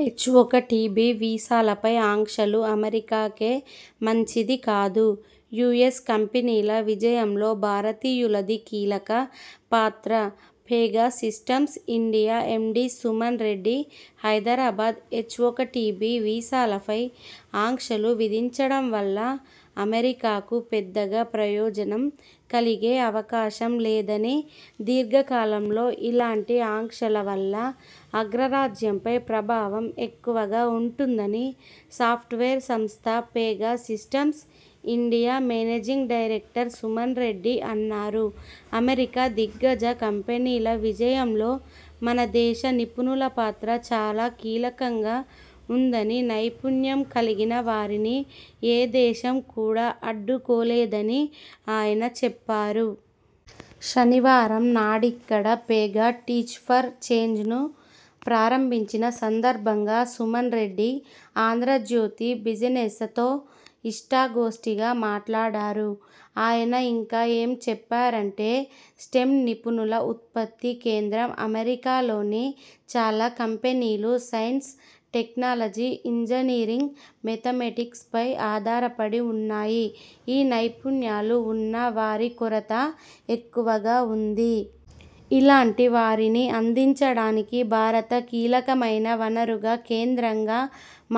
హెచ్ఒకటిబి వీసాలపై ఆంక్షలు అమెరికాకే మంచిది కాదుయుఎస్ కంపెనీల విజయంలో భారతీయులది కీలక పాత్రపెగా systems India MD Suman Reddy Hyderabad హెచ్ఒకటిబి వీసాలపై ఆంక్షలు విధించడం వల్ల అమెరికాకు పెద్దగా ప్రయోజనం కలిగే అవకాశం లేదని, దీర్ఘకాలంలో ఇలాంటి ఆంక్షల వల్ల అగ్రరాజ్యంపై ప్రభావం ఎక్కువగా ఉంటుందని సాఫ్ట్వేర్ సంస్థ Pega systems India managing director Suman Reddy అన్నారు అమెరికా దిగ్గజ కంపెనీల విజయంలో మన దేశ నిపుణుల పాత్ర చాలా కీలకంగా ఉందని, నైపుణ్యం కలిగిన వారిని ఏ దేశం కూడా అడ్డుకోలేదని ఆయన చెప్పారు. శనివారంనాడిక్కడ 'పెగా టీచ్ ఫర్ చేంజ్'ను ప్రారంభించిన సందర్భంగా సుమన్ రెడ్డి 'ఆంధ్రజ్యోతి బిజినె్స'తో ఇష్టాగోష్ఠిగా మాట్లాడారు. ఆయన ఇంకా ఏం చెప్పారంటే.. స్టెమ్ నిపుణుల ఉత్పత్తి కేంద్రంఅమెరికాలోని చాలా కంపెనీలు సైన్స్, టెక్నాలజీ, ఇంజనీరింగ్, మేథమెటిక్స్ పై ఆధారపడి ఉన్నాయి. ఈ నైపుణ్యాలు ఉన్న వారి కొరత ఎక్కువగా ఉంది. ఇలాంటి వారిని అందించడానికి భారత కీలకమైన వనరుగా, కేంద్రంగా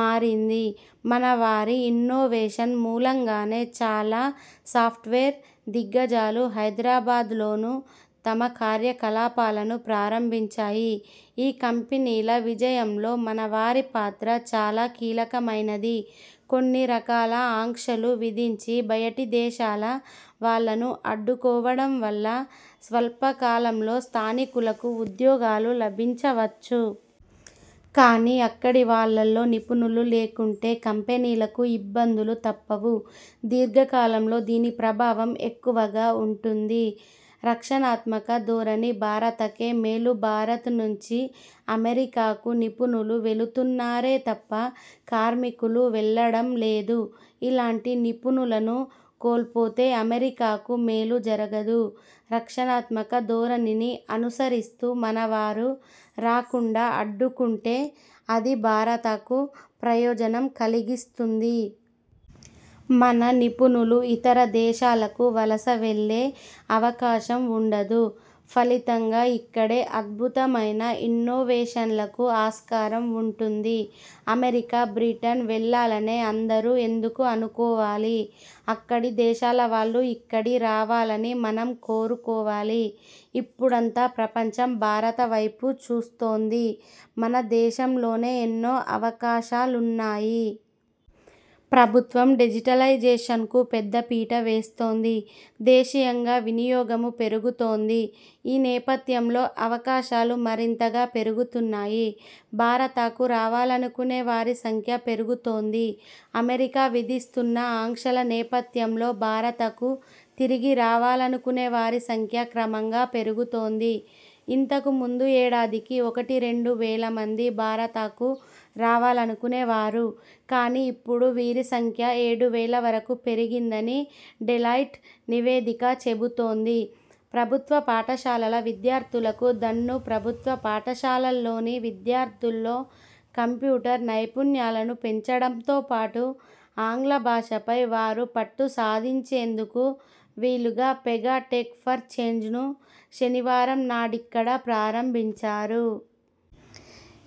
మారింది. మన వారి ఇన్నోవేషన్ మూలంగానే చాలా సాఫ్ట్వేర్ దిగ్గజాలు హైదరాబాద్లోనూ తమ కార్యకలాపాలను ప్రారంభించాయి. ఈ కంపెనీల విజయంలో మన వారి పాత్ర చాలా కీలకమైనది. కొన్ని రకాల ఆంక్షలు విధించి బయటి దేశాల వాళ్లను అడ్డుకోవడం వల్ల స్వల్పకాలంలో స్థానికులకు ఉద్యోగాలు లభించవచ్చు. కానీ అక్కడి వాళ్లలో నిపుణులు లేకుంటే కంపెనీలకు ఇబ్బందులు తప్పవు. దీర్ఘకాలంలో దీని ప్రభావం ఎక్కువగా ఉంటుంది. రక్షణాత్మక ధోరణి భారతకే మేలుభారత్ నుంచి అమెరికాకు నిపుణులు వెళుతున్నారే తప్ప కార్మికులు వెల్లడం లేదు. ఇలాంటి నిపుణులను కోల్పోతే అమెరికాకు మేలు జరగదు. రక్షణాత్మక ధోరణిని అనుసరిస్తూ మన వారు రాకుండా అడ్డుకుంటే అది భారతకు ప్రయోజనం కలిగిస్తుంది. మన నిపుణులు ఇతర దేశాలకు వలస వెళ్లే అవకాశం ఉండదు. ఫలితంగా ఇక్కడే అద్భుతమైన ఇన్నోవేషన్లకు ఆస్కారం ఉంటుంది. అమెరికా, బ్రిటన్ వెళ్లాలనే అందరూ ఎందుకు అనుకోవాలి. అక్కడి దేశాల వాళ్లు ఇక్కడి రావాలని మనం కోరుకోవాలి. ఇప్పుడంతా ప్రపంచం భారత వైపు చూస్తోంది. మన దేశంలోనే ఎన్నో అవకాశాలున్నాయి. ప్రభుత్వం డిజిటలైజేషన్కు పెద్దపీట వేస్తోంది. దేశీయంగా వినియోగమూ పెరుగుతోంది. ఈ నేపథ్యంలో అవకాశాలు మరింతగా పెరుగుతున్నాయి. భారతకు రావాలనుకునే వారి సంఖ్య పెరుగుతోంది. అమెరికా విధిస్తున్న ఆంక్షల నేపథ్యంలో భారతకు తిరిగి రావాలనుకునే వారి సంఖ్య క్రమంగా పెరుగుతోంది. ఇంతకు ముందు ఏడాదికి ఒకటి-రెండు వేల మంది భారతకు రావాలనుకునే వారు కానీ ఇప్పుడు వీరి సంఖ్య ఏడు వేల వరకు పెరిగిందని డెలాయిట్ నివేదిక చెబుతోంది ప్రభుత్వ పాఠశాలల విద్యార్థులకు దన్నుప్రభుత్వ పాఠశాలల్లోని విద్యార్థుల్లో కంప్యూటర్ నైపుణ్యాలను పెంచడంతోపాటు ఆంగ్ల భాషపై వారు పట్టుసాధించేందుకు వీలుగా పెగా టెక్ ఫర్ చేంజ్ను శనివారంనాడిక్కడ ప్రారంభించారు.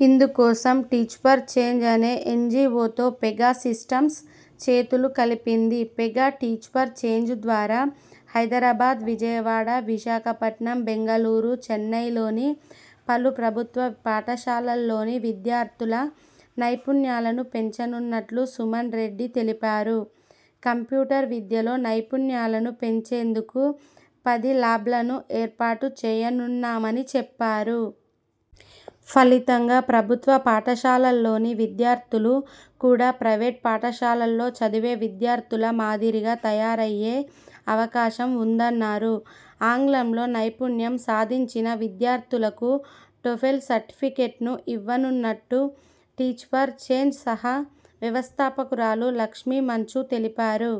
ఇందుకోసం టీచ్ ఫర్ చేంజ్ అనే ఎన్జిఒతో పెగా సిస్టమ్స్ చేతులు కలిపింది. పెగా టీచ్ ఫర్ చేంజ్ ద్వారా హైదరాబాద్, విజయవాడ, విశాఖపట్నం, బెంగళూరు, చెన్నైలోని పలు ప్రభుత్వ పాఠశాలల్లోని విద్యార్థుల నైపుణ్యాలను పెంచనున్నట్టు సుమన్ రెడ్డి తెలిపారు. కంప్యూటర్ విద్యలో నైపుణ్యాలను పెంచేందుకు పది లాబ్లను ఏర్పాటు చేయనున్నామని చెప్పా రు. ఫలితంగా ప్రభుత్వ పాఠశాలల్లోని విద్యార్థులు కూడా ప్రైవేటు పాఠశాలల్లో చదివే విద్యార్థుల మాదిరిగా తయారయ్యే అవకాశం ఉందన్నారు. ఆంగ్లంలో నైపుణ్యం సాధించిన విద్యార్థులకు టోఫెల్ సర్టిఫికెట్ను ఇవ్వనున్నట్టు టీచ్ ఫర్ చేంజ్ సహ వ్యవస్థాపకురాలు లక్ష్మీ మంచు తెలిపారు.